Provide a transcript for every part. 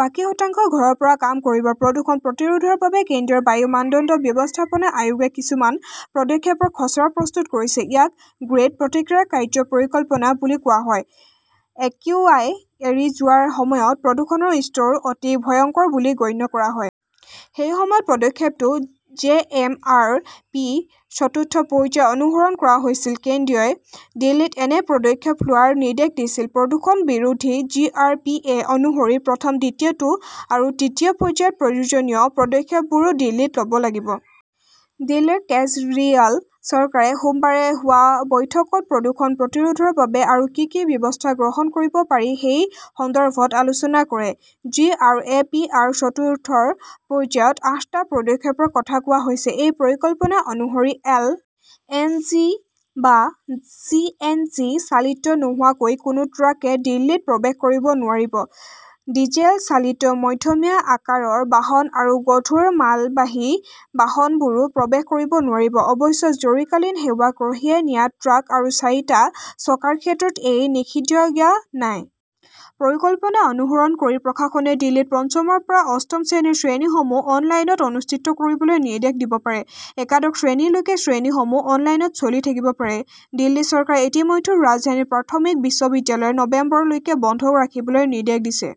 বাকী শতাংশ ঘৰৰ পৰা কাম কৰিব। প্ৰদূষণ প্ৰতিৰোধৰ বাবে কেন্দ্ৰৰ বায়ু মানদণ্ড ব্যৱস্থাপনা আয়োগে কিছুমান পদক্ষেপৰ খচৰা প্ৰস্তুত কৰিছে। ইয়াক গ্ৰেড প্ৰতিক্ৰিয়া কাৰ্য্য পৰিকল্পনা বুলি কোৱা হয়। একিউআই এৰি যোৱাৰ সময়ত প্ৰদূষণৰ স্তৰ অতি ভয়ংকৰ বুলি গণ্য কৰা হয়। সেই সময়ত পদক্ষেপটো জে. এম. আৰ. পি. -ৰ চতুৰ্থ পৰ্যায় অনুসৰণ কৰা হৈছিল। কেন্দ্ৰই দিল্লীত এনে পদক্ষেপ লোৱাৰ নিৰ্দেশ দিছিল। প্ৰদূষণ বিৰোধী জি. আৰ. পি. এ. অনুসৰি প্ৰথম, দ্বিতীয়টো আৰু তৃতীয় পৰ্যায়ত প্ৰয়োজনীয় পদক্ষেপবোৰো দিল্লীত লব লাগিব। দিল্লীৰ কেজৰিৱাল চৰকাৰে সোমবাৰে হোৱা বৈঠকত প্ৰদূষণ প্ৰতিৰোধৰ বাবে আৰু কি কি ব্যৱস্থা গ্ৰহণ কৰিব পাৰি সেই সন্দৰ্ভত আলোচনা কৰে। জি. আৰ. এ. পি. -ৰ চতুৰ্থ পৰ্যায়ত আঠটা পদক্ষেপৰ কথা কোৱা হৈছে। এই পৰিকল্পনা অনুসৰি এল. এন. জি. বা চি. এন. জি. চালিত নোহোৱাকৈ কোনো ট্ৰাকে দিল্লীত প্ৰৱেশ কৰিব নোৱাৰিব। ডিজেল চালিত মধ্যমীয়া আকাৰৰ বাহন আৰু গধুৰ মালবাহী বাহনবোৰো প্ৰৱেশ কৰিব নোৱাৰিব। অৱশ্যে জৰুৰীকালীন সেৱা কঢ়িয়াই নিয়া ট্ৰাক আৰু চাৰিটা চকাৰ ক্ষেত্ৰত এই নিষেধাজ্ঞা নাই। পৰিকল্পনা অনুসৰণ কৰি, প্ৰশাসনে দিল্লীত পঞ্চমৰ পৰা অষ্টম শ্ৰেণীৰ শ্ৰেণীসমূহ অনলাইনত অনুষ্ঠিত কৰিবলৈ নিৰ্দেশ দিব পাৰে। একাদশ শ্ৰেণীলৈকে শ্ৰেণীসমূহ অনলাইনত চলি থাকিব পাৰে। দিল্লী চৰকাৰে ইতিমধ্যে ৰাজধানীৰ প্ৰাথমিক বিশ্ববিদ্যালয়সমূহ নৱেম্বৰলৈকে বন্ধ ৰাখিবলৈ নিৰ্দেশ দিছে।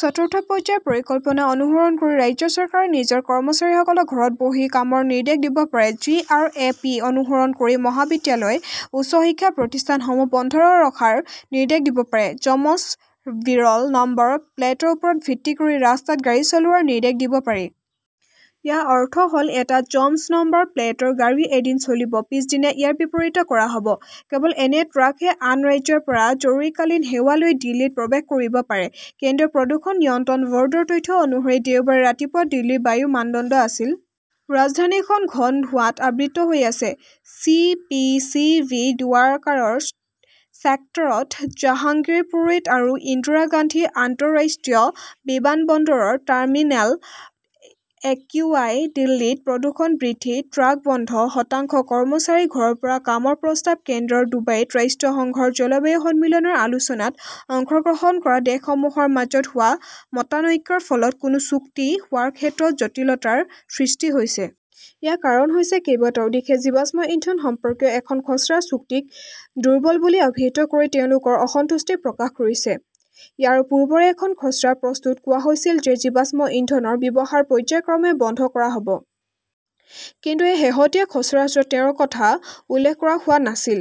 চতুৰ্থ পৰ্যায়ৰ পৰিকল্পনা অনুসৰণ কৰি ৰাজ্য চৰকাৰে নিজৰ কৰ্মচাৰীসকলক ঘৰত বহি কামৰ নিৰ্দেশ দিব পাৰে। জি. আৰ. এ. পি. অনুসৰণ কৰি মহাবিদ্যালয়, উচ্চ শিক্ষা প্ৰতিষ্ঠানসমূহ বন্ধ ৰখাৰ নিৰ্দেশ দিব পাৰে। যমজ-বিৰল নম্বৰ প্লেটৰ ওপৰত ভিত্তি কৰি ৰাস্তাত গাড়ী চলোৱাৰ নিৰ্দেশ দিব পাৰি। ইয়াৰ অৰ্থ হʼল এটা যমজ নম্বৰ প্লেটৰ গাড়ী এদিন চলিব। পিছদিনা ইয়াৰ বিপৰীতে কৰা হʼব। কেৱল এনে ট্ৰাকেহে আন ৰাজ্যৰ পৰা জৰুৰীকালীন সেৱা লৈ দিল্লীত প্ৰৱেশ কৰিব পাৰে। কেন্দ্ৰীয় প্ৰদূষণ নিয়ন্ত্ৰণ বʼৰ্ডৰ তথ্য অনুসৰি দেওবাৰে ৰাতিপুৱা দিল্লীৰ বায়ুৰ মানদণ্ড আছিল। ৰাজধানীখন ঘন ধোঁৱাত আবৃত হৈ আছে। চি. পি. চি. বি. দুৱাৰকাৰৰ ছেক্টৰ -ত, জাহাংগীৰপুৰীত আৰু ইন্দিৰা গান্ধী আন্তঃৰাষ্ট্ৰীয় বিমানবন্দৰৰ টাৰ্মিনেল একিউআই। দিল্লীত প্ৰদূষণ বৃদ্ধি, ট্ৰাক বন্ধ, শতাংশ কৰ্মচাৰীক ঘৰৰ পৰা কামৰ প্ৰস্তাৱ কেন্দ্ৰৰ ডুবাইত ৰাষ্ট্ৰসংঘৰ জলবায়ু সন্মিলনৰ আলোচনাত অংশগ্ৰহণ কৰা দেশসমূহৰ মাজত হোৱা মতানৈক্যৰ ফলত কোনো চুক্তি হোৱাৰ ক্ষেত্ৰত জটিলতাৰ সৃষ্টি হৈছে। ইয়াৰ কাৰণ হৈছে, কেইবাটাও দেশে জীৱাশ্ম ইন্ধন সম্পৰ্কীয় এখন খচৰা চুক্তিক দুৰ্বল বুলি অভিহিত কৰি তেওঁলোকৰ অসন্তুষ্টি প্ৰকাশ কৰিছে। ইয়াৰ পূৰ্বৰ এখন খচৰা প্ৰস্তাৱত কোৱা হৈছিল যে জীৱাশ্ম ইন্ধনৰ ব্যৱহাৰ পৰ্য্যায়ক্ৰমে বন্ধ কৰা হ 'ব। কিন্তু এই শেহতীয়া খচৰাত তেওঁৰ কথা উল্লেখ কৰা হোৱা নাছিল।